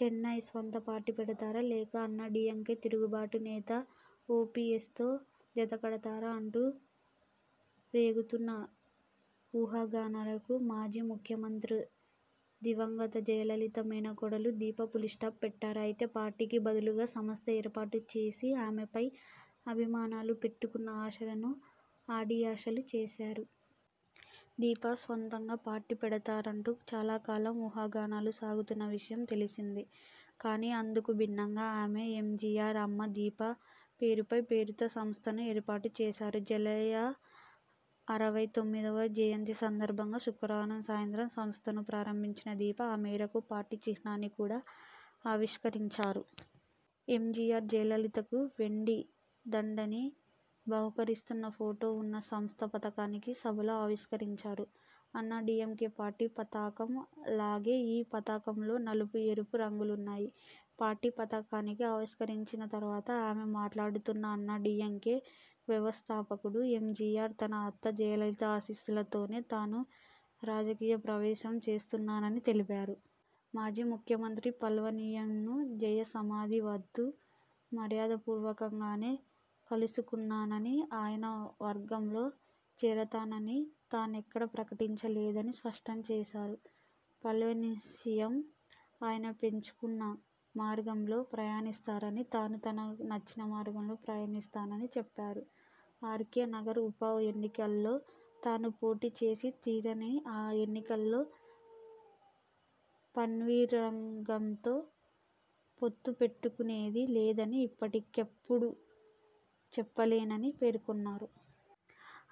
చెన్నై స్వంత పార్టీ పెడతారా, లేక అన్నాడీఎంకే తిరుగుబాటు నేత ఓపీఎస్తో జత కడతారా అంటూ రేగుతున్న ఊహాగానాలకు మాజీ ముఖ్యమంత్రి దివంగత జయలలిత మేనకోడలు దీప ఫుల్స్టాప్ పెట్టారు. అయితే పార్టీకి బదులుగా సంస్థను ఏర్పాటు చేసి ఆమెపై అభిమానులు పెట్టుకున్న ఆశలను అడియాశలు చేశారు. దీప స్వంతంగా పార్టీ పెడతారంటూ చాలాకాలంగా ఊహాగానాలు సాగుతున్న విషయం తెలిసిందే. కానీ అందుకు భిన్నంగా ఆమె 'ఎంజీఆర్ అమ్మా దీపా పేరవై' పేరుతో సంస్థను ఏర్పాటు చేశారు. జయ అరవై తొమ్మిదివ జయంతి సందర్భంగా శుక్రవారం సాయంత్రం సంస్థను ప్రారంభించిన దీప.. ఆ మేరకు పార్టీ చిహ్నాన్ని కూడా ఆవిష్కరించారు. ఎంజీఆర్ జయలలితకు వెండి దండాన్ని బహూకరిస్తున్న ఫోటో ఉన్న సంస్థ పతాకాన్ని సభలో ఆవిష్కరించారు. అన్నాడీఎంకే పార్టీ పతాకం లాగే ఈ పతాకంలోనూ నలుపు, ఎరుపు రంగులున్నాయి. పార్టీ పతాకాన్ని ఆవిష్కరించిన తర్వాత ఆమె మాట్లాడుతూఅన్నాడీఎంకే వ్యవస్థాపకుడు ఎంజీఆర్, తన అత్త జయలలిత ఆశీస్సులతోనే తాను రాజకీయప్రవేశం చేస్తున్నానని తెలిపారు. మాజీ ముఖ్యమంత్రి పాల్వనియం జయ సమాధి వద్ద మర్యాదపూర్వకంగానే కలుసుకున్నానని, ఆయన వర్గంలో చేరతానని తానెక్కడా ప్రకటించలేదని స్పష్టం చేశారు. పన్నీర్సెల్వం ఆయన ఎంచుకున్న మార్గంలో ప్రయాణిస్తారని, తాను తనకు నచ్చిన మార్గంలో పయనిస్తానని చెప్పారు. ఆర్కే నగర్ ఉప ఎన్నికలో తాను పోటీ చేసి తీరుతానని, ఆ ఎన్నికలో పన్నీర్వర్గంతో పొత్తుపెట్టుకునేదీ లేనిదీ ఇప్పటికిప్పుడు చెప్పలేనని పేర్కొన్నారు.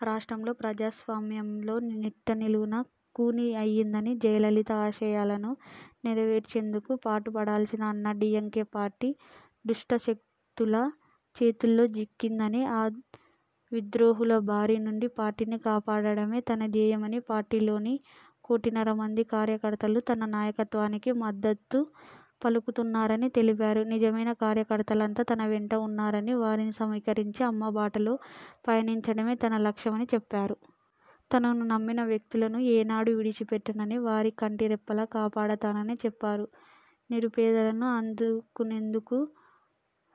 రాష్ట్రంలో ప్రజాస్వామ్యం నిట్టనిలువునా ఖూనీ అయిందని, జయలలిత ఆశయాలను నెరవేర్చేందుకు పాటుపడాల్సిన అన్నాడీఎంకే పార్టీ దుష్టశక్తుల చేతుల్లోచిక్కుకుందని, ఆ విద్రోహుల బారి నుండి పార్టీని కాపాడటమే తన ధ్యేయమని, పార్టీలోని కోటిన్నరమంది కార్యకర్తలు తన నాయకత్వానికి మద్ధతు పలుకుతున్నారని తెలిపారు. నిజమైన కార్యకర్తలంతా తన వెంటే ఉన్నారని, వారిని సమీకరించి అమ్మ బాటలో పయనించడమే తన లక్ష్యమని చెప్పారు. తనను నమ్మిన వ్యక్తులను ఏనాడు విడిచిపెట్టననని, వారిని కంటికిరెప్పలా కాపాడతానని చెప్పారు. నిరుపేదలను ఆదుకునేందుకు,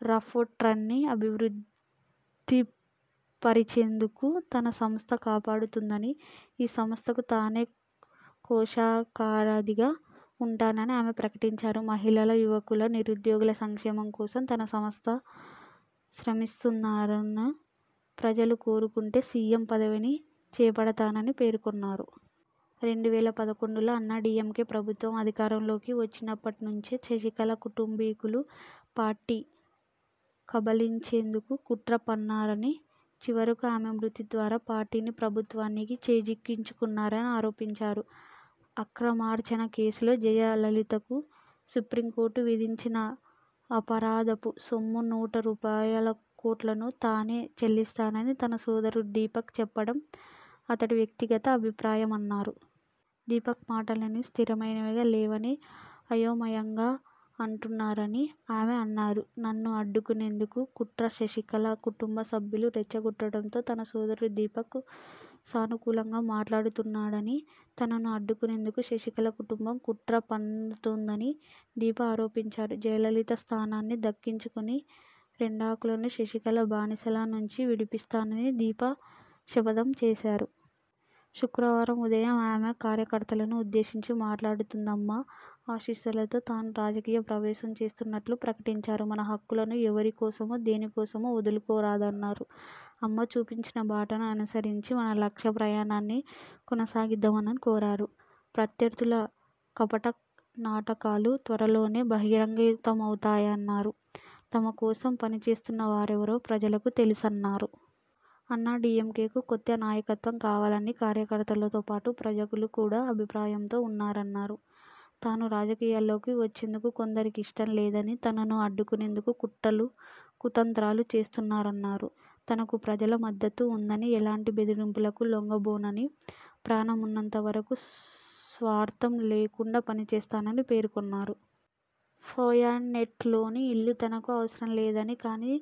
రాషా్ట్రన్ని అభివృద్ధిప రచేందుకు తన సంస్థ పాటుపడుతుందని, ఈ సంస్థకు తానే కోశాధికారిగా ఉంటానని ఆమె ప్రకటించారు. మహిళలు, యువకులు, నిరుద్యోగుల సంక్షేమం కోసం తన సంస్థ శ్రమిస్తుందన్నారు. ప్రజలు కోరుకుంటే సీఎం పదవిని చేపడతానని పేర్కొన్నారు. రెండు వేల పదకొండులో అన్నాడీఎంకే ప్రభుత్వం అధికారంలోకి వచ్చినప్పటినుంచే శశికళ కుటుంబీకులు పార్టీని కబళించేందుకు కుట్ర పన్నారని, చివరకు ఆమె మృతి తర్వాత పార్టీని, ప్రభుత్వాన్ని చేజిక్కించుకున్నారని ఆరోపించారు. అక్రమార్జన కేసులో జయ లలితకు సుప్రీంకోర్టు విధించిన అపరాధపు సొమ్ము నూట రూపాయలుకోట్లను తానే చెల్లిస్తానని తన సోదరుడు దీపక్ చెప్పడం అతడి వ్యక్తిగత అభిప్రాయమన్నారు. దీపక్ మాటలన్నీ స్థిరమైనవిగా లేవని అయోమయంగా ఉంటున్నాయని ఆమె అన్నారు. నన్ను అడ్డుకునేందుకు కుట్రశశికళ కుటుంబ సభ్యులు రెచ్చగొట్టడంతో తన సోదరుడు దీపక్ సానుకులంగా మాట్లాడుతున్నాడని, తనను అడ్డుకునేందుకే శశికళ కుటుంబం కుట్ర పన్నుతోందని దీప ఆరోపించారు. జయలలిత స్థానాన్ని దక్కించుకుని రెండాకులను శశికళ బానిసల నుంచి విడిపిస్తానని దీప శపథం చేశారు. శుక్రవారం ఉదయం ఆమె కార్యకర్తలను ఉద్దేశించి మాట్లాడుతూఅమ్మ ఆశీస్సులతో తాను రాజకీయ ప్రవేశం చేస్తున్నట్లు ప్రకటించారు. మన హక్కులను ఎవరి కోసమో, దేని కోసమో వదులుకోరాదన్నారు. అమ్మ చూపించిన బాటను అనుసరించి మన లక్ష్య ప్రయాణాన్ని కొనసాగిద్దామని కోరారు. ప్రత్యర్థుల కపటనాటకాలు త్వరలోనే. బహిరంగీతం అవుతాయి అన్నారు తమ కోసం పనిచేస్తున్నవారెవరో ప్రజలకు తెలుసన్నారు. అన్నాడీఎంకేకు కొత్త నాయకత్వం కావాలని, కార్యకర్తలతో పాటు ప్రజలు కూడా అదే అభిప్రాయంతో వున్నారన్నారు. తాను రాజకీయాల్లోకి వచ్చేందుకు కొందరికి ఇష్టం లేదని, తనను అడ్డుకొనేందుకు కుట్రలు, కుతంత్రాలు చేస్తున్నారన్నారు. తనకు ప్రజల మద్దతు ఉందని, ఎలాంటి బెదిరింపులకు లొంగబోనని, ప్రాణమున్నంత వరకు స్వార్థం లేకుండా పనిచేస్తానని పేర్కొన్నారు. పోయ్స్గార్టెన్లోని ఇల్లు తనకు అవసరం లేదని, కానీ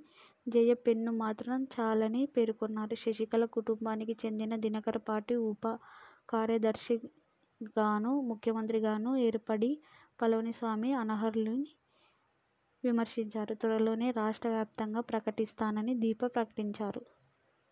జయ పెన్ను మాత్రం చాలని పేర్కొన్నారు. శశికళ కుటుంబానికి చెందిన దినకరన్ పార్టీ ఉప ప్రధానకార్యదర్శిగాను, ముఖ్యమంత్రిగా ఎడప్పాడి పళనిస్వామి అనర్హులని విమర్శించారు. త్వరలోనే రాష్ట్ర వ్యాప్తంగా పర్యటిస్తానని దీప ప్రకటించారు.